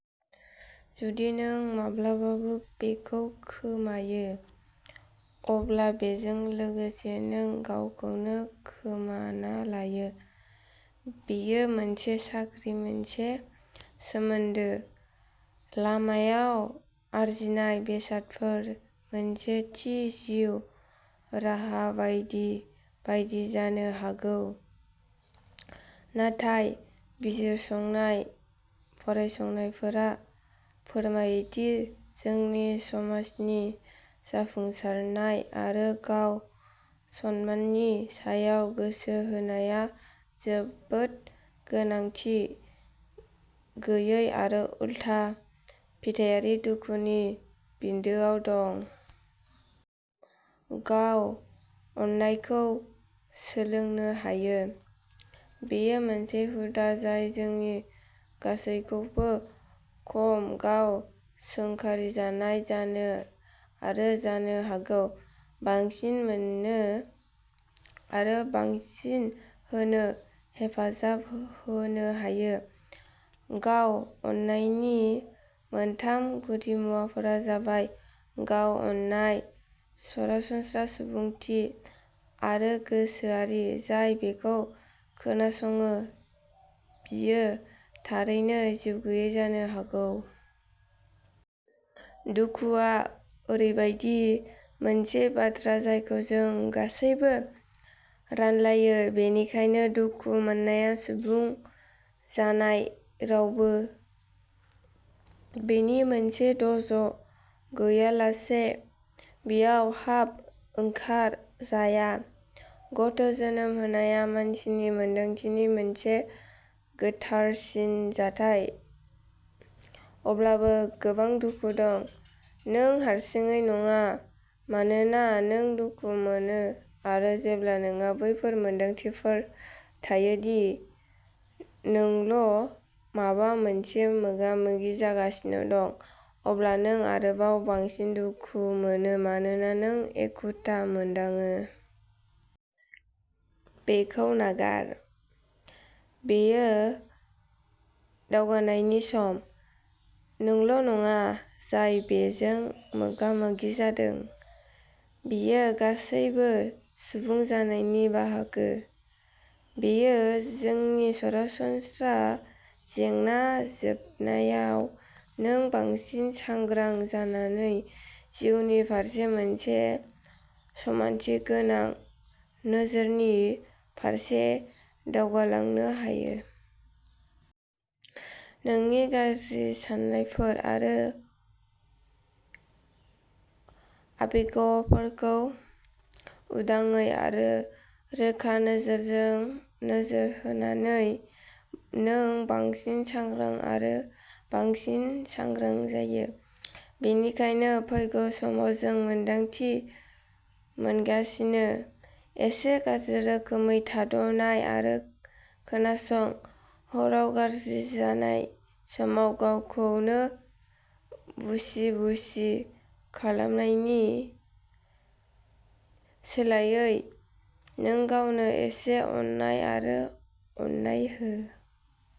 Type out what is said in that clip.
जुदि नों माब्लाबाबो बेखौ खोमायो, अब्ला बेजों लोगोसे नों गावखौनो खोमाना लायो। बेयो मोनसे साख्रि, मोनसे सोमोन्दो, लामायाव आरजिनाय बेसादफोर, मोनसे थि जिउ राहा बायदि बायदि जानो हागौ। नाथाय बिजिरसंनाय फरायसंनायफोरा फोरमायो दि जोंनि समाजनि जाफुंसारनाय आरो गाव-सनमाननि सायाव गोसो होनाया जोबोद गोनांथि गैयै आरो उलथा-फिथायारि दुखुनि बिन्दोआव दं। गाव-अननायखौ सोलोंनो हायो। बेयो मोनसे हुदा जाय जोंनि गासैखौबो खम गाव-सोंखारिजानाय जानो आरो जानो हागौ बांसिन मोननो आरो बांसिन होनो हेफाजाब होनो हायो। गाव-अननायनि मोनथाम गुदिमुवाफोरा जाबायः गाव-अननाय, सरासनस्रा सुबुंथि आरो गोसोआरि। जाय बेखौ खोनासङो, बियो थारैनो जिउगैयै जानो हागौ। दुखुआ ओरैबायदि मोनसे बाथ्रा जायखौ जों गासैबो रानलायो, बेनिखायनो दुखु मोननाया सुबुं जानाय-रावबो बेनि मोनसे द'ज गैयालासे बेयाव हाब-ओंखार जाया। गथ'जोनोम होनाया मानसिनि मोनदांथिनि मोनसे गोथारसिन जाथाय, अब्लाबो गोबां दुखु दं। नों हारसिङै नङा मानोना नों दुखु मोनो आरो जेब्ला नोंहा बैफोर मोनदांथिफोर थायो दि नोंल'माबा मोनसेजों मोगा-मोगि जागासिनो दं, अब्ला नों आरोबाव बांसिन दुखु मोनो मानोना नों एखुथा मोनदाङो। बेखौ नागार। बेयो दावगानायनि सम। नोंल'नङा जाय बेजों मोगा-मोगि जादों। बेयो गासैबो सुबुं जानायनि बाहागो। बेयो जोंनि सरासनस्रा जेंना। जोबनायाव, नों बांसिन सांग्रां जानानै जिउनि फारसे मोनसे समानथि गोनां नोजोरनि फारसे दावगालांनो हायो। नोंनि गाज्रि साननायफोर आरो आबेगफोरखौ उदाङै आरो रोखा नोजोरजों नोजोर होनानै, नों बांसिन सांग्रां आरो बांसिन सांग्रां जायो। बेनिखायनो फैगौ समाव नों मोन्दांथि मोनगासिनो। एसे गाज्रि रोखोमै, थाद ', नाय, आरो खोनासं। हराव गाज्रि जानाय समाव गावखौनो बुसि-बुसि खालामनायनि सोलायै, नोंगावनो एसे अननाय आरो अननाय हो।